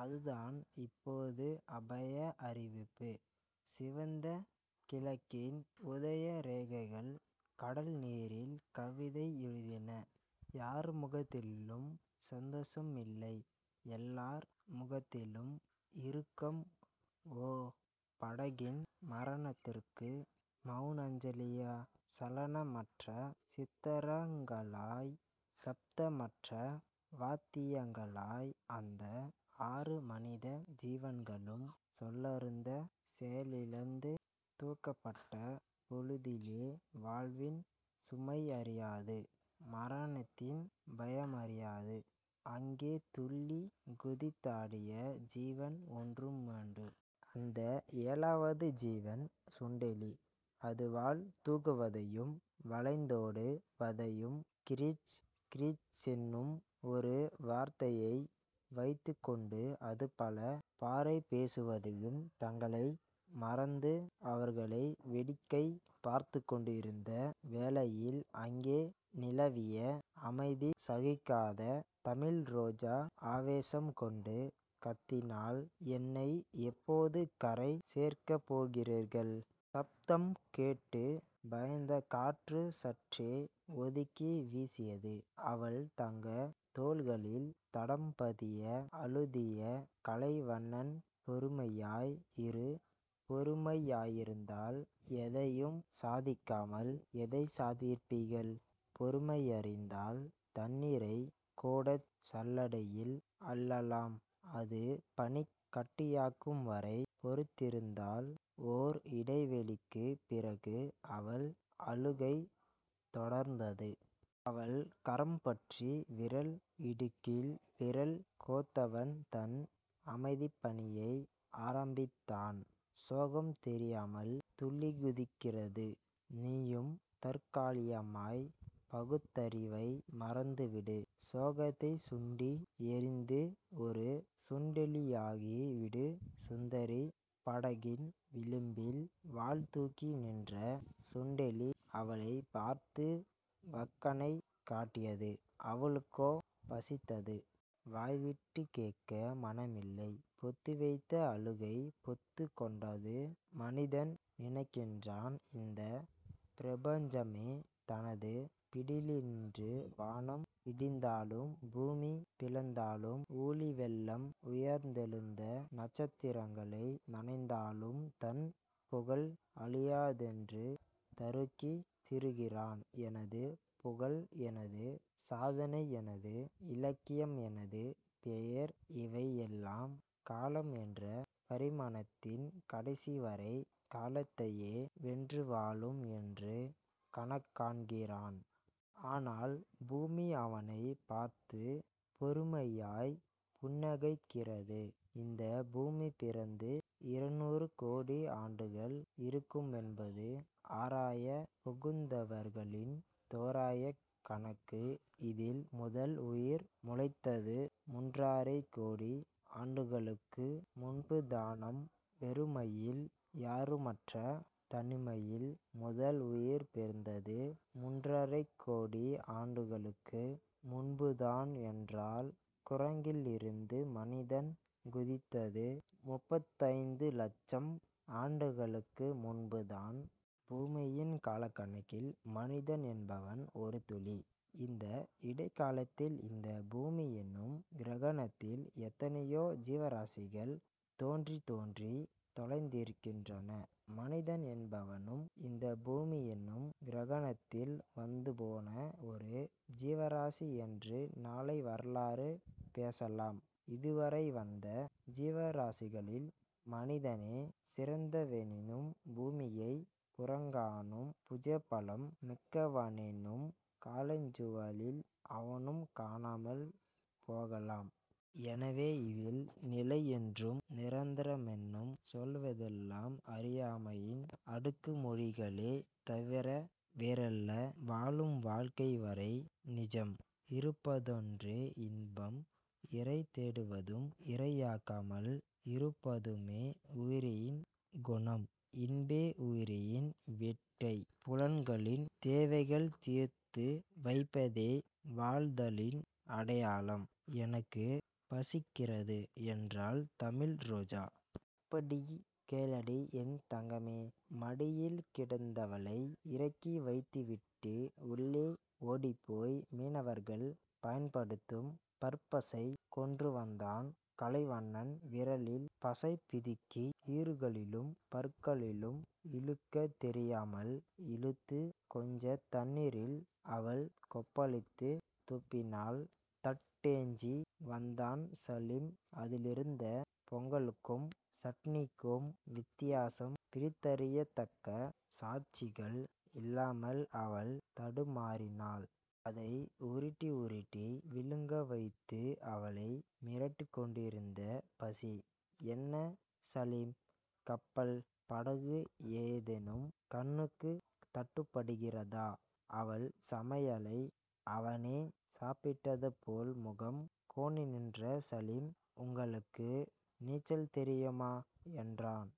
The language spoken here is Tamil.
அதுதான் இப்போது அபாய அறிவிப்பு. சிவந்த கிழக்கின் உதயரேகைகள் கடல்நீரில் கவிதை எழுதின. யார் முகத்திலும் சந்தோஷமில்லை. எல்லார் முகத்திலும் இறுக்கம். ஓ. படகின் மரணத்துக்கு மெளனாஞ்சலியா? சலனமற்ற சித்திரங்களாய் சப்தமற்ற வாத்தியங்களாய் அந்த ஆறு மனித ஜீவன்களும் சொல்லறுந்து செயலிழந்து துக்கப்பட்ட பொழுதிலே வாழ்வின் சுமையறியாது, மரணத்தின் பயமுமறியாது அங்கே துள்ளிக் குதித்தாடிய ஜீவன் ஒன்றுண்டு. அந்த ஏழாவது ஜீவன் சுண்டெலி. அது வால் தூக்குவதையும் வளைந்தோடு வதையும் கிரீச் கிரீச்சென்னும் ஒரு வார்த்தையை வைத்துக்கொண்டு அது பல பாஷை பேசுவதையும் தங்களை மறந்து அவர்கள் வேடிக்கை பார்த்துக்கொண்டிருந்த வேளையில் அங்கே நிலவிய அமைதி சகிக்காத தமிழ்ரோஜா ஆவேசம் கொண்டு கத்தினாள். என்னை எப்போது கரை சேர்க்கப்போகிறீர்கள்? சப்தம் கேட்டுப் பயந்த காற்று சற்றே ஒதுங்கி வீசியது. அவள் தங்கத் தோள்களில் தடம்பதிய அழுத்திய கலைவண்ணன் பொறுமையாய் இரு. பொறுமையாயிருந்தால் எதையும் சாதிக்கலாம். எதைச் சாதிப்பீர்கள்? பொறுமையாயிருந்தால் தண்ணீரைக் கூடச் சல்லடையில் அள்ளலாம் அது பனிக் கட்டியாகும்வரை பொறுத்திருந்தால் ஓர் இடைவேளைக்குப் பிறகு அவள் அழுகை தொடர்ந்தது. அவள் கரம்பற்றி விரல் இடுக்கில் விரல் கோத்தவன் தன் அமைதிப்பணியை ஆரம்பித்தான். சோகம் தெரியாமல் துள்ளிக்குதிக்கிறது. நீயும் தற்காலிகமாய்ப் பகுத்தறிவை மறந்துவிடு. சோகத்தைச் சுண்டி எறிந்து ஒரு சுண்டெலியாகி விடு சுந்தரி.. படகின் விளிம்பில் வால்தூக்கி நின்ற சுண்டெலி அவளைப் பார்த்து வக்கணை காட்டியது. அவளுக்கோ பசித்தது. வாய்விட்டுக் கேட்க மனமில்லை. பொத்திவைத்த அழுகை பொத்துக் கொண்டது. மனிதன் நினைக்கிறான் இந்தப் பிரபஞ்சமே தனது பிடியிலென்று. வானம் இடிந்தாலும் பூமி பிளந்தாலும் ஊழிவெள்ளம் உயர்ந்தெழுந்து நட்சத்திரங்ளை நனைத்தாலும் தன் புகழ் அழியாதென்று தருக்கித் திரிகிறான். எனது புகழ் எனது சாதனை எனது இலக்கியம் எனது பெயர் இவையெல்லாம் காலம் என்ற பரிமாணத்தின் கடைசி வரை, காலத்தையே வென்றுவாழும் என்று கனாக்காண்கிறான். ஆனால், பூமி அவனைப் பார்த்துப் பொறுமையாய்ப் புன்னகைக்கிறது. இந்தப் பூமி பிறந்து இருநூறு கோடி ஆண்டுகள் இருக்குமென்பது ஆராயப் புகுந்தவர்களின் தோராயக் கணக்கு. இதில் முதல் உயிர் முளைத்தது முன்றரைக் கோடி ஆண்டுகளுக்கு முன்புதானாம். வெறுமையில்... யாருமற்ற தனிமையில். முதல் உயிர் பிறந்தது முன்றரைக் கோடி ஆண்டுகட்கு முன்புதான் என்றால் குரங்கிலிருந்து மனிதன் குதித்தது முப்பத்தைந்து லட்சம் ஆண்டுகளுக்கு முன்புதான். பூமியின் காலக்கணக்கில் மனிதன் என்பவன் ஒரு துளி. இந்த இடைக்காலத்தில் இந்தப் பூமி என்னும் கிரகத்தில் எத்தனையோ ஜீவராசிகள் தோன்றித் தோன்றித் தொலைந்திருக்கின்றன. மனிதன் என்பவனும் இந்தப் பூமி என்னும் கிரகத்தில் வந்துபோன ஒரு ஜீவராசி என்று நாளை வரலாறு பேசலாம். இதுவரை வந்த ஜீவராசிகளில் மனிதனே சிறந்தவனெனினும் பூமியைப் புறங்காணும் புஜபலம் மிக்கவனெனினும் காலச்சூழலில் அவனும் காணாமல் போகலாம். எனவே இதில் நிலை என்றும் நிரந்தரமென்றும் சொல்வதெல்லாம் அறியாமையின் அடுக்குமொழிகளே தவிர வேறல்ல. வாழும் வாழ்க்கை வரை நிஜம். இருப்பதொன்றே இன்பம். இரை தேடுவதும் இரையாகாமல் இருப்பதுமே உயிரின் குணம். இன்பமே உயிரின் வேட்கை. புலன்களின் தேவைகள் தீர்த்து வைப்பதே வாழ்தலின் அடையாளம். எனக்குப் பசிக்கிறது என்றாள் தமிழ் ரோஜா. அப்படிக் கேளடி என் தங்கமே. மடியில் கிடந்தவளை இறக்கிவைத்துவிட்டு, உள்ளே ஓடிப்போய் மீனவர்கள் பயன்படுத்தும் பற்பசை கொண்டுவந்தான் கலைவண்ணன். விரலில் பசைபிதுக்கி ஈறுகளிலும் பற்களிலும் இழுக்கத் தெரியாமல் இழுத்து, கொஞ்சத் தண்ணீரில் அவள் கொப்பளித்துத் துப்பினாள். தட்டேந்தி வந்தான் சலீம். அதிலிருந்த பொங்கலுக்கும் சட்னிக்கும் வித்தியாசம் பிரித்தறியத்தக்க சாட்சியங்கள் இல்லாமல் அவள் தடுமாறினாள். அதை உருட்டி உருட்டி விழுங்கவைத்தது அவளை மிரட்டிக்கொண்டிருந்த பசி. என்ன சலீம். கப்பல், படகு ஏதேனும் கண்ணுக்குத் தட்டுப்படுகிறதா? அவன் சமையலை அவனே சாப்பிட்டதுபோல் முகம் கோணிநின்ற சலீம் உங்களுக்கு நீச்சல் தெரியுமா? என்றான்.